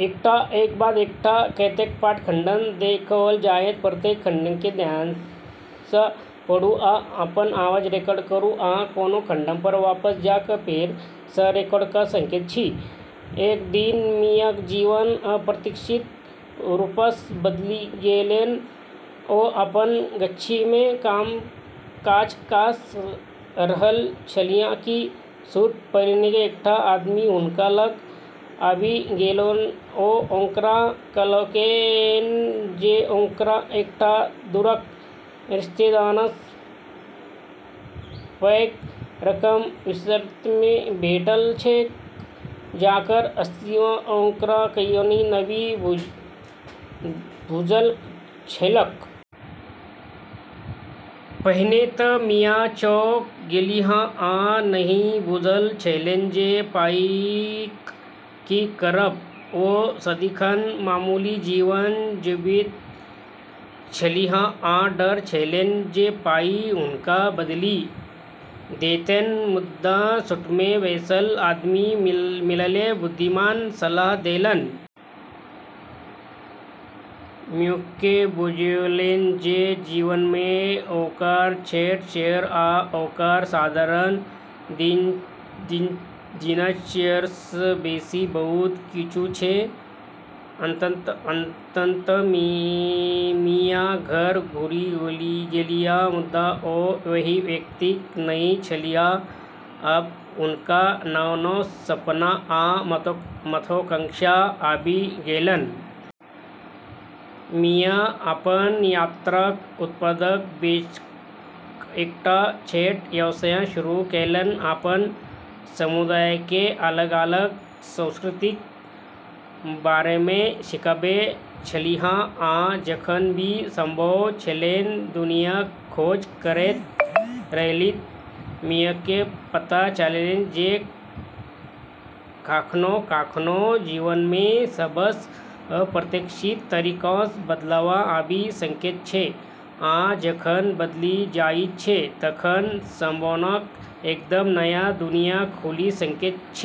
एक दिन मियाक जीवन अप्रत्याशित रूपसँ बदलि गेलैन। ओ अपन गाछीमे काज कऽ रहल छलीह कि सूट पहिरने एकटा आदमी हुनका लग आबि गेलैन। ओ ओकरा कहलकैन जे ओकरा एकटा दूरक रिश्तेदारसँ पैघ रकम विरासतमे भेटल छैक जकर अस्तित्व ओकरा कहियो नहि बुझल छलैक। पहिने तँ मिया चौंक गेलीह आ नहि बुझल छलैन जे पाइक की करब। ओ सदिखन मामूली जीवन जीबैत छलीह आ डर छलैन जे पाइ हुनका बदलि देतैन। मुदा सूटमे बैसल आदमी मियालेल बुद्धिमान सलाह देलैन। मियाकेँ बुझायलैन जे जीवनमे ओकर छोट शहर आ ओकर साधारण दिनचर्यासँ बेसी बहुत किछु छै। अन्ततः मिया घर घुरि गेलीह, मुदा ओ वैह व्यक्ति नहि छलीह। आब हुनका नव-नव सपना आ महत्वाकांक्षा आबि गेलैन। मिया अपन यात्राक उत्पाद बेचैक एकटा छोट व्यवसाय शुरू केलैन, अपन समुदायकेँ अलग-अलग संस्कृतिक बारेमे सिखाबै छलीह, आ जखन भी संभव छलैन दुनियाक खोज करैत रहलीह। मियाकेँ पता चललैन जे कखनो-कखनो, जीवनमे सबसँ अप्रत्याशित तरीकासँ बदलाव आबि सकैत छै, आ जखन बदलि जाइत छै, तखन संभावनाक एकदम नया दुनिया खुलि सकैत छै।